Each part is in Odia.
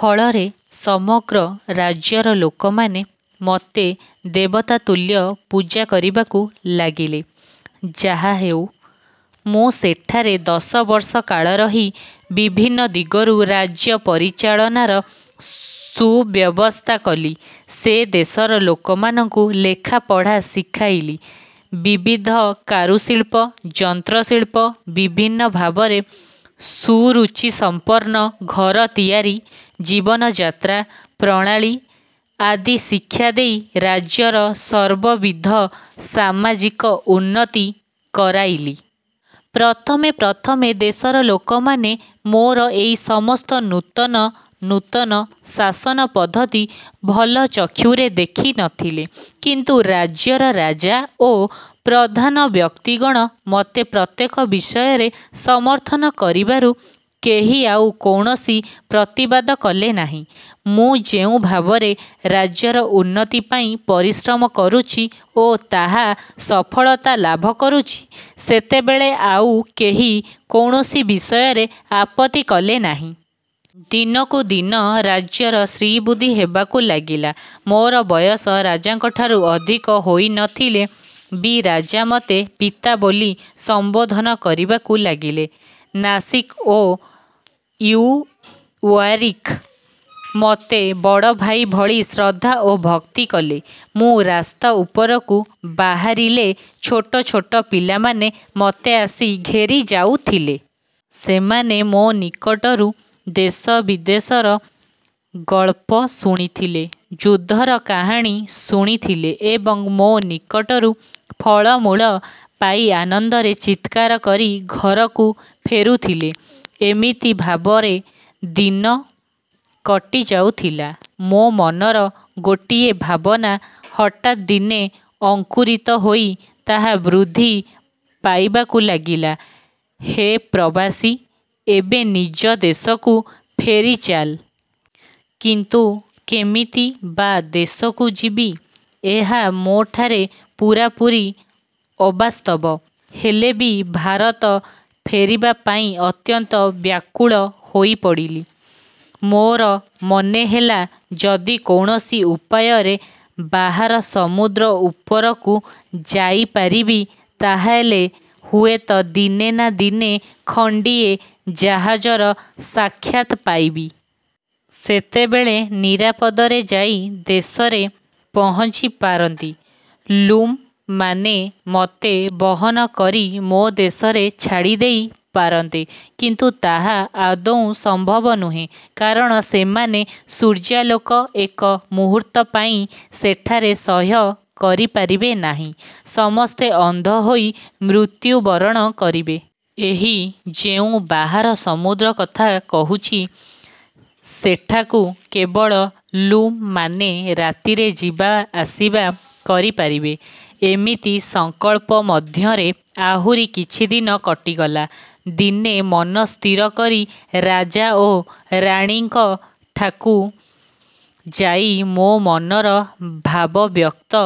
ଫଳରେ ସମଗ୍ର ରାଜ୍ୟର ଲୋକମାନେ ମୋତେ ଦେବତା ତୁଲ୍ୟ ପୂଜା କରିବାକୁ ଲାଗିଲେ। ଯାହାହେଉ ମୁଁ ସେଠାରେ ଦଶବର୍ଷ କାଳ ରହି ବିଭିନ୍ନ ଦିଗରୁ ରାଜ୍ୟ ପରିଚାଳନାର ସୁବ୍ୟବସ୍ଥା କଲି। ସେ ଦେଶର ଲୋକମାନଙ୍କୁ ଲେଖାପଢ଼ା ଶିଖାଇଲି। ବିବିଧ କାରୁଶିଳ୍ପ, ଯନ୍ତ୍ରଶିଳ୍ପ, ବିଭିନ୍ନ ଭାବରେ ସୁରୁଚିସମ୍ପନ୍ନ ଘର ତିଆରି, ଜୀବନଯାତ୍ରା ପ୍ରଣାଳୀ ଆଦି ଶିକ୍ଷା ଦେଇ ରାଜ୍ୟର ସର୍ବବିଧ ସାମାଜିକ ଉନ୍ନତି କରାଇଲି। ପ୍ରଥମେ ପ୍ରଥମେ ଦେଶର ଲୋକମାନେ ମୋର ଏଇ ସମସ୍ତ ନୂତନ ନୂତନ ଶାସନପଦ୍ଧତି ଭଲ ଚକ୍ଷୁରେ ଦେଖି ନ ଥିଲେ; କିନ୍ତୁ ରାଜ୍ୟର ରାଜା ଓ ପ୍ରଧାନ ବ୍ୟକ୍ତିଗଣ ମୋତେ ପ୍ରତ୍ୟେକ ବିଷୟରେ ସମର୍ଥନ କରିବାରୁ, କେହି ଆଉ କୌଣସି ପ୍ରତିବାଦ କଲେ ନାହିଁ। ମୁଁ ଯେଉଁ ଭାବରେ ରାଜ୍ୟର ଉନ୍ନତିପାଇଁ ପରିଶ୍ରମ କରୁଛି ଓ ତାହା ସଫଳତା ଲାଭ କରୁଛି, ସେତେବେଳେ ଆଉ କେହି କୌଣସି ବିଷୟରେ ଆପତ୍ତି କଲେ ନାହିଁ। ଦିନକୁ ଦିନ ରାଜ୍ୟର ଶ୍ରୀବୃଦ୍ଧି ହେବାକୁ ଲାଗିଲା। ମୋର ବୟସ ରାଜାଙ୍କଠାରୁ ଅଧିକ ହୋଇନଥିଲେ ବି ରାଜା ମୋତେ ପିତା ବୋଲି ସମ୍ବୋଧନ କରିବାକୁ ଲାଗିଲେ। ନାସିଗ୍ ଓ ଇଉଓୟାରକି ମୋତେ ବଡ଼ଭାଇ ଭଳି ଶ୍ରଦ୍ଧା ଓ ଭକ୍ତି କଲେ। ମୁଁ ରାସ୍ତା ଉପରକୁ ବାହାରିଲେ ଛୋଟ ଛୋଟ ପିଲାମାନେ ମୋତେ ଆସି ଘେରି ଯାଉଥିଲେ। ସେମାନେ ମୋ ନିକଟରୁ ଦେଶ-ବିଦେଶର ଗଳ୍ପ ଶୁଣୁଥିଲେ, ଯୁଦ୍ଧର କାହାଣୀ ଶୁଣୁଥିଲେ ଏବଂ ମୋ ନିକଟରୁ ଫଳମୂଳ ପାଇ ଆନନ୍ଦରେ ଚିତ୍କାର କରି ଘରକୁ ଫେରୁଥିଲେ। ଏମିତି ଭାବରେ ଦିନ କଟିଯାଉଥିଲା। ମୋ ମନର ଗୋଟିଏ ଭାବନା ହଠାତ୍ ଦିନେ ଅଙ୍କୁରିତ ହୋଇ ତାହା ବୃଦ୍ଧି ପାଇବାକୁ ଲାଗିଲା,-''ହେ ପ୍ରବାସୀ, ଏବେ ନିଜ ଦେଶକୁ ଫେରି ଚାଲ-। '' କିନ୍ତୁ କେମିତି ବା ଦେଶକୁ ଯିବି, ଏହା ମୋ'ଠାରେ ପୂରାପୂରି ଅବାସ୍ତବ ହେଲେ ବି ଭାରତ ଫେରିବାପାଇଁ ଅତ୍ୟନ୍ତ ବ୍ୟାକୁଳ ହୋଇପଡ଼ିଲି। ମୋର ମନେହେଲା, ଯଦି କୌଣସି ଉପାୟରେ ବାହାର ସମୁଦ୍ର ଉପରକୁ ଯାଇପାରିବି, ତାହାହେଲେ ହୁଏତ ଦିନେ ନା ଦିନେ ଖଣ୍ଡିଏ ଜାହାଜର ସାକ୍ଷାତ ପାଇବି। ସେତେବେଳେ ନିରାପଦରେ ଯାଇ ଦେଶରେ ପହଞ୍ଚି ପାରନ୍ତି। ଲ୍ଲୁମମାନେ ମୋତେ ବହନ କରି ମୋ ଦେଶରେ ଛାଡ଼ିଦେଇ ପାରନ୍ତେ; କିନ୍ତୁ ତାହା ଆଦୌ ସମ୍ଭବ ନୁହେଁ, କାରଣ ସେମାନେ ସୂର୍ଯ୍ୟାଲୋକ ଏକ ମୁହୂର୍ତ୍ତପାଇଁ ସେଠାରେ ସହ୍ୟ କରିପାରିବେ ନାହିଁ। ସମସ୍ତେ ଅନ୍ଧ ହୋଇ ମୃତ୍ୟୁ ବରଣ କରିବେ। ଏହି ଯେଉଁ ବାହାର ସମୁଦ୍ର କଥା କହୁଛି, ସେଠାକୁ କେବଳ ଲ୍ଲୁମମାନେ ରାତିରେ ଯିବା ଆସିବା କରିପାରିବେ। ଏମିତି ସଂକଳ୍ପ ମଧ୍ୟରେ ଆହୁରି କିଛିଦିନ କଟିଗଲା। ଦିନେ ମନ ସ୍ଥିର କରି ରାଜା ଓ ରାଣୀଙ୍କଠାକୁ ଯାଇ ମୋ ମନର ଭାବ ବ୍ୟକ୍ତ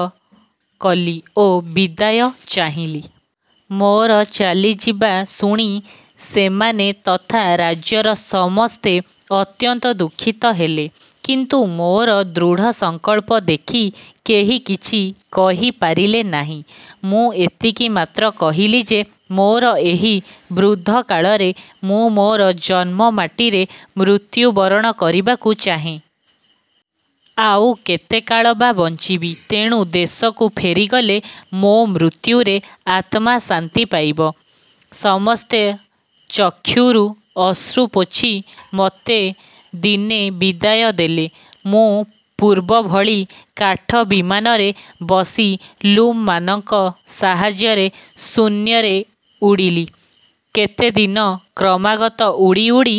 କଲି ଓ ବିଦାୟ ଚାହିଁଲି। ମୋର ଚାଲିଯିବା ଶୁଣି ସେମାନେ ତଥା ରାଜ୍ୟର ସମସ୍ତେ ଅତ୍ୟନ୍ତ ଦୁଃଖିତ ହେଲେ। କିନ୍ତୁ ମୋର ଦୃଢ଼ ସଂକଳ୍ପ ଦେଖି କେହି କିଛି କହିପାରିଲେ ନାହିଁ। ମୁଁ ଏତିକି ମାତ୍ର କହିଲି ଯେ, ମୋର ଏହି ବୃଦ୍ଧ କାଳରେ ମୁଁ ମୋର ଜନ୍ମ ମାଟିରେ ମୃତ୍ୟୁବରଣ କରିବାକୁ ଚାହେଁ। ଆଉ କେତେକାଳ ବା ବଞ୍ଚିବି, ତେଣୁ ଦେଶକୁ ଫେରିଗଲେ ମୋ ମୃତ୍ୟୁରେ ଆତ୍ମା ଶାନ୍ତି ପାଇବ। ସମସ୍ତେ ଚକ୍ଷରୁ ଅଶ୍ରୁ ପୋଛି ମୋତେ ଦିନେ ବିଦାୟ ଦେଲେ। ମୁଁ ପୂର୍ବଭଳି କାଠ ବିମାନରେ ବସି ଲ୍ଲୁମମାନଙ୍କ ସାହାଯ୍ୟରେ ଶୂନ୍ୟରେ ଉଡ଼ିଲି। କେତେଦିନ କ୍ରମାଗତ ଉଡ଼ି ଉଡ଼ି